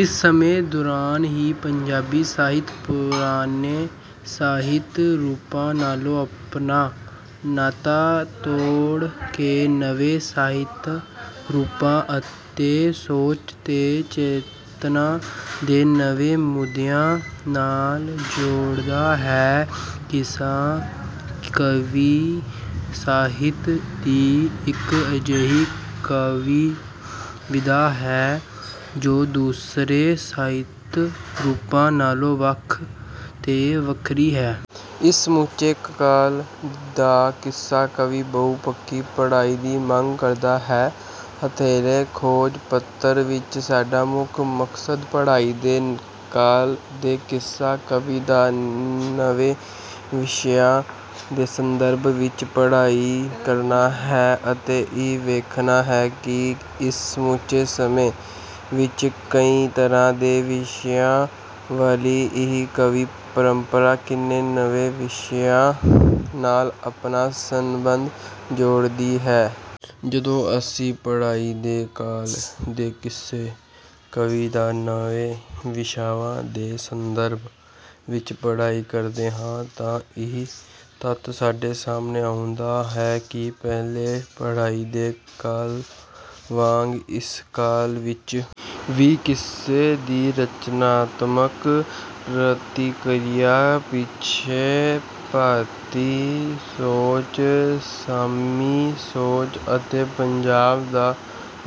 ਇਸ ਸਮੇਂ ਦੌਰਾਨ ਹੀ ਪੰਜਾਬੀ ਸਾਹਿਤ ਪੁਰਾਣੇ ਸਾਹਿਤ ਰੂਪਾਂ ਨਾਲੋਂ ਆਪਣਾ ਨਾਤਾ ਤੋੜ ਕੇ ਨਵੇਂ ਸਾਹਿਤ ਰੂਪਾਂ ਅਤੇ ਸੋਚ ਤੇ ਚੇਤਨਾ ਦੇ ਨਵੇਂ ਮੁੱਦਿਆਂ ਨਾਲ ਜੁੜਦਾ ਹੈ। ਕਿੱਸਾ ਕਾਵਿ ਸਾਹਿਤ ਦੀ ਇੱਕ ਅਜਿਹੀ ਕਾਵਿ ਵਿਧਾ ਹੈ ਜੋ ਦੂਸਰੇ ਸਾਹਿਤ ਰੂਪਾਂ ਨਾਲੋਂ ਵੱਖ ਤੇ ਵੱਖਰੀ ਹੈ। ਇਸ ਸਮੁੱਚੇ ਕਾਲ ਦਾ ਕਿੱਸਾ ਕਾਵਿ ਬਹੁ ਪੱਖੀ ਪੜ੍ਹਾਈ ਦੀ ਮੰਗ ਕਰਦਾ ਹੈ। ਹੱਥਲੇ ਖੋਜ ਪੱਤਰ ਵਿੱਚ ਸਾਡਾ ਮੁੱਖ ਮਕਸਦ ਪੜ੍ਹਾਈ ਦੇ ਕਾਲ ਦੇ ਕਿੱਸਾ ਕਾਵਿ ਦਾ ਨਵੇਂ ਵਿਸ਼ਿਆਂ ਦੇ ਸੰਦਰਭ ਵਿੱਚ ਪੜ੍ਹਾਈ ਕਰਨਾ ਹੈ ਅਤੇ ਇਹ ਵੇਖਣਾ ਹੈ ਕਿ ਇਸ ਸਮੁੱਚੇ ਸਮੇਂ ਵਿੱਚ ਕਈ ਤਰ੍ਹਾਂ ਦੇ ਵਿਸ਼ਿਆਂ ਵਾਲੀ ਇਹ ਕਾਵਿ ਪਰੰਪਰਾ ਕਿੰਨੇ ਨਵੇਂ ਵਿਸ਼ਿਆਂ ਨਾਲ ਆਪਣਾ ਸਬੰਧ ਜੋੜਦੀ ਹੈ। ਜਦੋਂ ਅਸੀਂ ਪੜ੍ਹਾਈ ਦੇ ਕਾਲ ਦੇ ਕਿੱਸਾ ਕਾਵਿ ਦਾ ਨਵੇਂ ਵਿਸ਼ਿਆਂ ਦੇ ਸੰਦਰਭ ਵਿੱਚ ਪੜ੍ਹਾਈ ਕਰਦੇ ਹਾਂ ਤਾਂ ਇਹ ਤੱਥ ਸਾਡੇ ਸਾਹਮਣੇ ਆਉਂਦਾ ਹੈ ਕਿ ਪਹਿਲੇ ਪੜ੍ਹਾਈ ਦੇ ਕਾਲ ਵਾਂਗ ਇਸ ਕਾਲ ਵਿੱਚ ਵੀ ਕਿੱਸੇ ਦੀ ਰਚਨਾਤਮਕ ਪ੍ਰਤੀਕਿਰਿਆ ਪਿੱਛੇ ਭਾਰਤੀ ਸੋਚ ਸਾਮੀ ਸੋਚ ਅਤੇ ਪੰਜਾਬ ਦਾ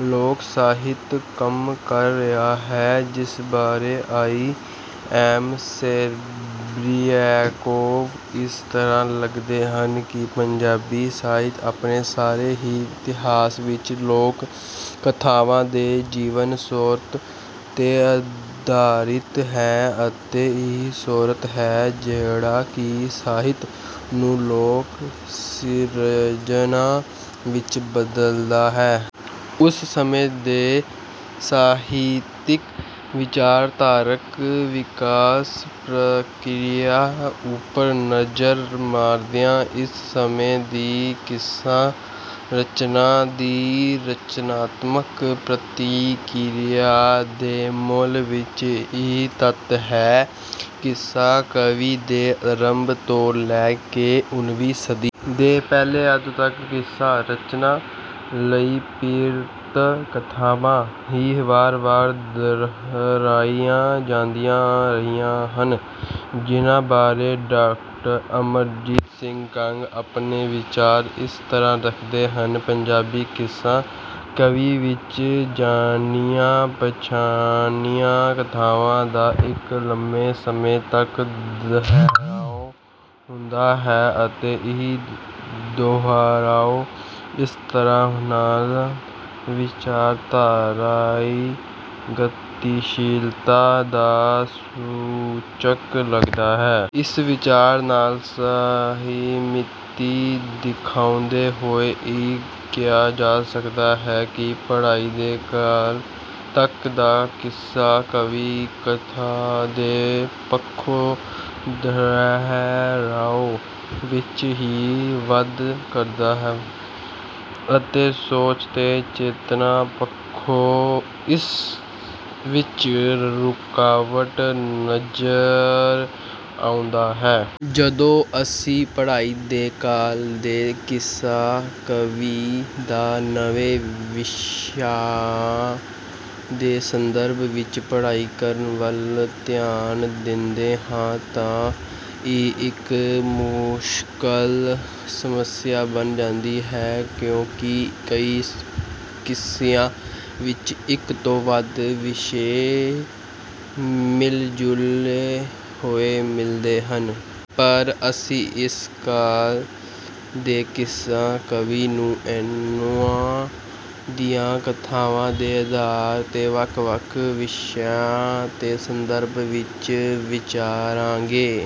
ਲੋਕ ਸਾਹਿਤ ਕੰਮ ਕਰ ਰਿਹਾ ਹੈ ਜਿਸ ਬਾਰੇ ਆਈ ਐਮ ਸੇਰੇਬ੍ਰਿਆਕੋਵ ਇਸ ਤਰ੍ਹਾਂ ਲਿਖਦੇ ਹਨ ਕਿ ਪੰਜਾਬੀ ਸਾਹਿਤ ਆਪਣੇ ਸਾਰੇ ਹੀ ਇਤਿਹਾਸ ਵਿੱਚ ਲੋਕ ਕਥਾਵਾਂ ਦੇ ਜੀਵਨ ਸਰੋਤ ਤੇ ਆਧਾਰਿਤ ਹੈ ਅਤੇ ਇਹੀ ਸਰੋਤ ਹੈ ਜਿਹੜਾ ਕਿ ਸਾਹਿਤ ਨੂੰ ਲੋਕ ਸਿਰਜਣਾ ਵਿੱਚ ਬਦਲਦਾ ਹੈ। ਉਸ ਸਮੇਂ ਦੇ ਸਾਹਿਤਿਕ ਵਿਚਾਰਧਾਰਕ ਵਿਕਾਸ ਪ੍ਰਕਿਰਿਆ ਉੱਪਰ ਨਜ਼ਰ ਮਾਰਦਿਆਂ ਇਸ ਸਮੇਂ ਦੀ ਕਿੱਸਾ ਰਚਨਾ ਦੀ ਰਚਨਾਤਮਕ ਪ੍ਰਤੀਕਿਰਿਆ ਦੇ ਮੂਲ ਵਿੱਚ ਇਹ ਤੱਥ ਹੈ। ਕਿੱਸਾ ਕਾਵਿ ਦੇ ਆਰੰਭ ਤੋਂ ਲੈ ਕੇ ਉਨ੍ਹੀਵੀਂ ਸਦੀ ਦੇ ਪਹਿਲੇ ਅੱਧ ਤੱਕ ਕਿੱਸਾ ਰਚਨਾ ਲਈ ਪ੍ਰੀਤ ਕਥਾਵਾਂ ਹੀ ਵਾਰ ਵਾਰ ਦੁਹਰਾਈਆਂ ਜਾਂਦੀਆਂ ਰਹੀਆਂ ਹਨ ਜਿਹਨਾਂ ਬਾਰੇ ਡਾ ਅਮਰਜੀਤ ਸਿੰਘ ਕਾਂਗ ਆਪਣੇ ਵਿਚਾਰ ਇਸ ਤਰ੍ਹਾਂ ਰੱਖਦੇ ਹਨ ਪੰਜਾਬੀ ਕਿੱਸਾ ਕਾਵਿ ਵਿੱਚ ਜਾਣੀਆਂ ਪਛਾਣੀਆਂ ਕਥਾਵਾਂ ਦਾ ਇੱਕ ਲੰਮੇ ਸਮੇਂ ਤੱਕ ਦੁਹਰਾਉ ਹੁੰਦਾ ਹੈ ਅਤੇ ਇਹ ਦੁਹਰਾਉ ਇਸ ਤਰ੍ਹਾਂ ਨਾਲ ਵਿਚਾਰਧਾਰਾਈ ਗਤੀਸ਼ੀਲਤਾ ਦਾ ਸੂਚਕ ਲੱਗਦਾ ਹੈ। ਇਸ ਵਿਚਾਰ ਨਾਲ ਸਹਿਮਤੀ ਦਿਖਾਉਂਦੇ ਹੋਏ ਇਹ ਕਿਹਾ ਜਾ ਸਕਦਾ ਹੈ ਕਿ ਪੜ੍ਹਾਈ ਦੇ ਕਾਲ ਤੱਕ ਦਾ ਕਿੱਸਾ ਕਾਵਿ ਕਥਾ ਦੇ ਪੱਖੋਂ ਦੁਹਰਾਉ ਵਿੱਚ ਹੀ ਵਾਧਾ ਕਰਦਾ ਹੈ ਅਤੇ ਸੋਚ ਤੇ ਚੇਤਨਾ ਪੱਖੋਂ ਇਸ ਵਿੱਚ ਰੁਕਾਵਟ ਨਜ਼ਰ ਆਉਂਦਾ ਹੈ। ਜਦੋਂ ਅਸੀਂ ਪੜ੍ਹਾਈ ਦੇ ਕਾਲ ਦੇ ਕਿੱਸਾ ਕਾਵਿ ਦਾ ਨਵੇਂ ਵਿਸ਼ਿਆਂ ਦੇ ਸੰਦਰਭ ਵਿੱਚ ਪੜ੍ਹਾਈ ਕਰਨ ਵੱਲ ਧਿਆਨ ਦਿੰਦੇ ਹਾਂ ਤਾਂ ਇਹ ਇੱਕ ਮੁਸ਼ਕਲ ਸਮੱਸਿਆ ਬਣ ਜਾਂਦੀ ਹੈ ਕਿਉਂਕਿ ਕਈ ਕਿੱਸਿਆਂ ਵਿੱਚ ਇੱਕ ਤੋਂ ਵੱਧ ਵਿਸ਼ੇ ਮਿਲੇ ਜੁਲੇ ਹੋਏ ਮਿਲਦੇ ਹਨ। ਪਰ ਅਸੀਂ ਇਸ ਕਾਲ ਦੇ ਕਿੱਸਾ ਕਾਵਿ ਨੂੰ ਇਨ੍ਹਾਂ ਦੀਆਂ ਕਥਾਵਾਂ ਦੇ ਆਧਾਰ ਤੇ ਵੱਖ ਵੱਖ ਵਿਸ਼ਿਆਂ ਦੇ ਸੰਦਰਭ ਵਿੱਚ ਵਿਚਾਰਾਂਗੇ।